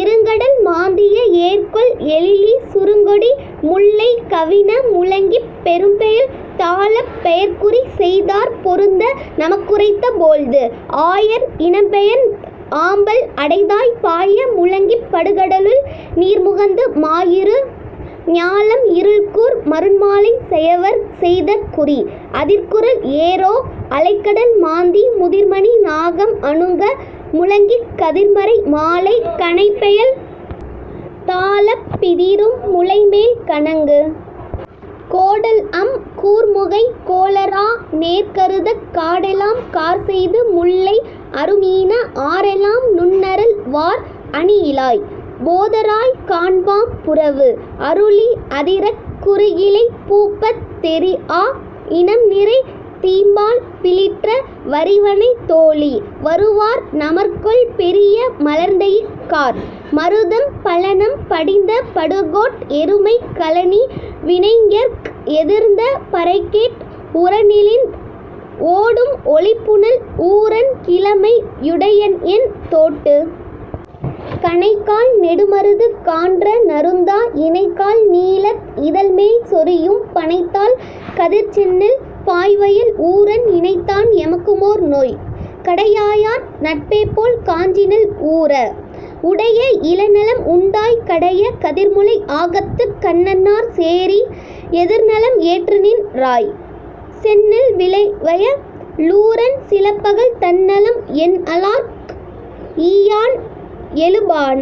இருங்கடல் மாந்திய ஏர்கொள் எழிலி சுருங்கொடி முல்லை கவின முழங்கிப் பெரும்பெயல் தாழப் பெயர்குறி செய்தார் பொருந்த நமக்குரைத்த போழ்து. ஆயர் இனம்பெயர்த் ஆம்பல் அடைதாய் பாய முழங்கிப் படுகடலுள் நீர்முகந்து மாயிரு ஞாலம் இருள்கூர் மருண்மாலை செயவர் செய்த குறி. அதிர்குரல் ஏறோ அலைகடல் மாந்தி முதிர்மணி நாகம் அனுங்க முழங்கிக் கதிர்மறை மாலை கனைபெயல் தாழப் பிதிரும் முலைமேல் கணங்கு. கோடல்அம் கூர்முகை கோளரா நேர்கருதக் காடெலாம் கார்செய்து முல்லை அரும்ஈன ஆறெலாம் நுண்ணறல் வார் அணியிழாய்! போதராய் காண்பாம் புறவு. அருளி அதிரக் குருகிலை பூப்பத் தெரிஆ இனம்நிறை தீம்பால் பிலிற்ற வரிவனைத் தோளி! வருவார் நமர்கொல் பெரிய மலர்ந்தஇக் கார்.. மருதம் பழனம் படிந்த படுகோட் எருமை கழனி வினைஞர்க் எதிர்ந்த பறைகேட் உரனிழிந் ஓடும் ஒலிபுனல் ஊரன் கிழமை யுடையன்என் தோட்டு. கணைக்கால் நெடுமருது கான்ற நறுந்தா இணைக்கால் நீலத் இதழ்மேல் சொரியும் பணைத்தாள் கதிர்ச்செந்நெல் பாய்வயல் ஊரன் இணைத்தான் எமக்குமோர் நோய். கடையாயார் நட்பேபோல் காஞ்சிநல் ஊர! உடைய இளநலம் உண்டாய் கடைய கதிர்முலை ஆகத்துக் கண்ணன்னார் சேரி எதிர்நலம் ஏற்றுநின் றாய். செந்நெல் விளைவய லூரன் சிலபகல் தன்னலம் என்அலார்க் ஈயான் எழுபாண!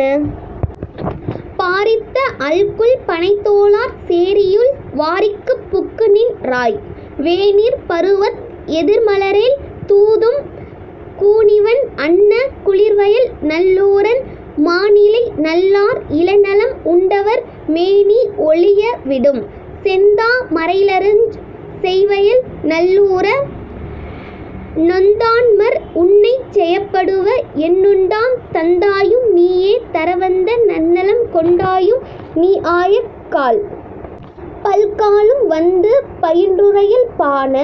பாரித்த அல்குல் பணைத்தோளார் சேரியுள் வாரிக்குப் புக்குநின் றாய். வேனிற் பருவத் எதிர்மலரேல் தூதும் கூனிவண் அன்ன குளிர்வயல் நல்லூரன் மாணிழை நல்லார் இளநலம் உண்டவர் மேனி ஒழிய விடும். செந்தா மரைலருஞ் செய்வயல் நல்லூர! நொந்தான்மற் உன்னைச் செயப்படுவ என்னுண்டாம் தந்தாயும் நீயே தரவந்த நன்னலம் கொண்டாயும் நீஆயக் கால். பல்காலும் வந்து பயின்றுரையல் பாண!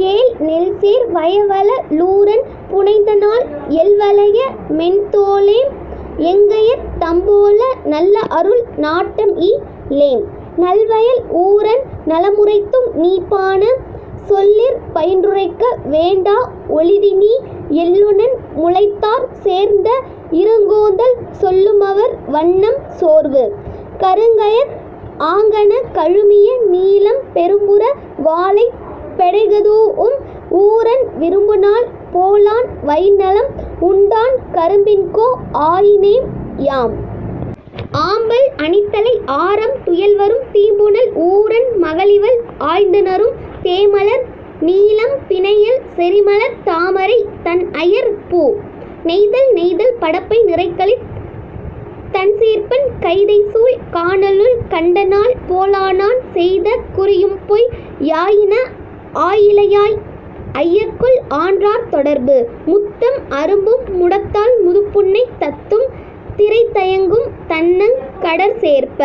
கேள் நெல்சேர் வயவல லூரன் புணர்ந்தநாள் எல்வளைய மென்தோளேம் எங்கையர் தம்போல நல்லஅருள் நாட்டம்இ லேம். நல்வயல் ஊரன் நலமுரைத்தும் நீபாண! சொல்லிற் பயின்றுரைக்க வேண்டா ஒழிதிநீ எல்லுநன் முல்லைத்தார் சேர்ந்த இருங்கூந்தல் சொல்லுமவர் வண்ணம் சோர்வு. கருங்கயத் ஆங்கண கழுமிய நீலம் பெரும்புற வாளைப் பெடைகதூஉம் ஊரன் விரும்புநாள் போலான் வயின்நலம் உண்டான் கரும்பின்கோ ஆயினேம் யாம். ஆம்பல் அணித்தழை ஆரம் துயல்வரும் தீம்புனல் ஊரன் மகளிவள் ஆய்ந்தநறும் தேமலர் நீலம் பிணையல் செறிமலர்த் தாமரை தன்ஐயர் பூ.. நெய்தல் நெய்தல் படப்பை நிறைகழித் தண்சேர்ப்பன் கைதைசூழ் கானலுள் கண்டநாள் போலானான் செய்த குறியும்பொய் யாயின ஆயிழையாய்! ஐயகொல் ஆன்றார் தொடர்பு. முத்தம் அரும்பும் முடத்தாள் முதுபுன்னை தத்தும் திரைதயங்கும் தண்ணங் கடற்சேர்ப்ப!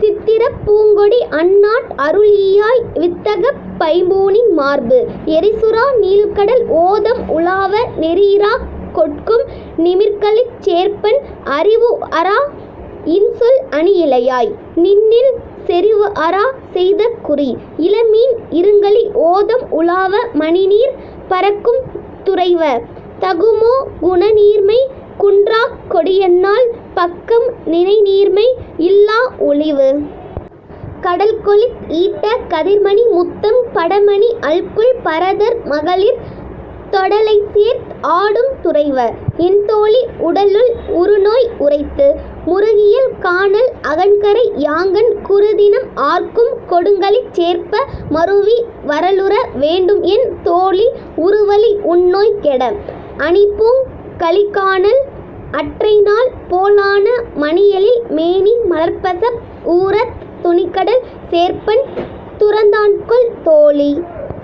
சித்திரப் பூங்கொடி அன்னாட் அருள்ஈயாய் வித்தகப் பைம்பூணின் மார்பு. எறிசுறா நீள்கடல் ஓதம் உலாவ நெறியிறாக் கொட்கும் நிமிர்கழிச் சேர்ப்பன் அறிவுஅறா இன்சொல் அணியிழையாய்! நின்னில் செறிவுஅறா செய்த குறி. இளமீன் இருங்கழி ஓதம் உலாவ மணிநீர் பரக்கும் துறைவ! தகுமோ குணநீர்மை குன்றாக் கொடியன்னாள் பக்கம் நினைநீர்மை இல்லா ஒழிவு. கடல்கொழித் ஈட்ட கதிர்மணி முத்தம் படமணி அல்குல் பரதர் மகளிர் தொடலைசேர்த் ஆடும் துறைவ! என்தோழி! உடலுள் உறுநோய் உரைத்து. முருகியல் கானல் அகன்கரை யாங்கண் குருதினம் ஆர்க்கும் கொடுங்கழிச் சேர்ப்ப மருவி வரலுற வேண்டும்என் தோழி உருவழி உன்நோய் கெட. அணிபூங் கழிக்கானல் அற்றைநாள் போலான மணியெழில் மேனி மலர்பசப் ஊரத் துணிகடல் சேர்ப்பன் துறந்தான்கொல் தோழி!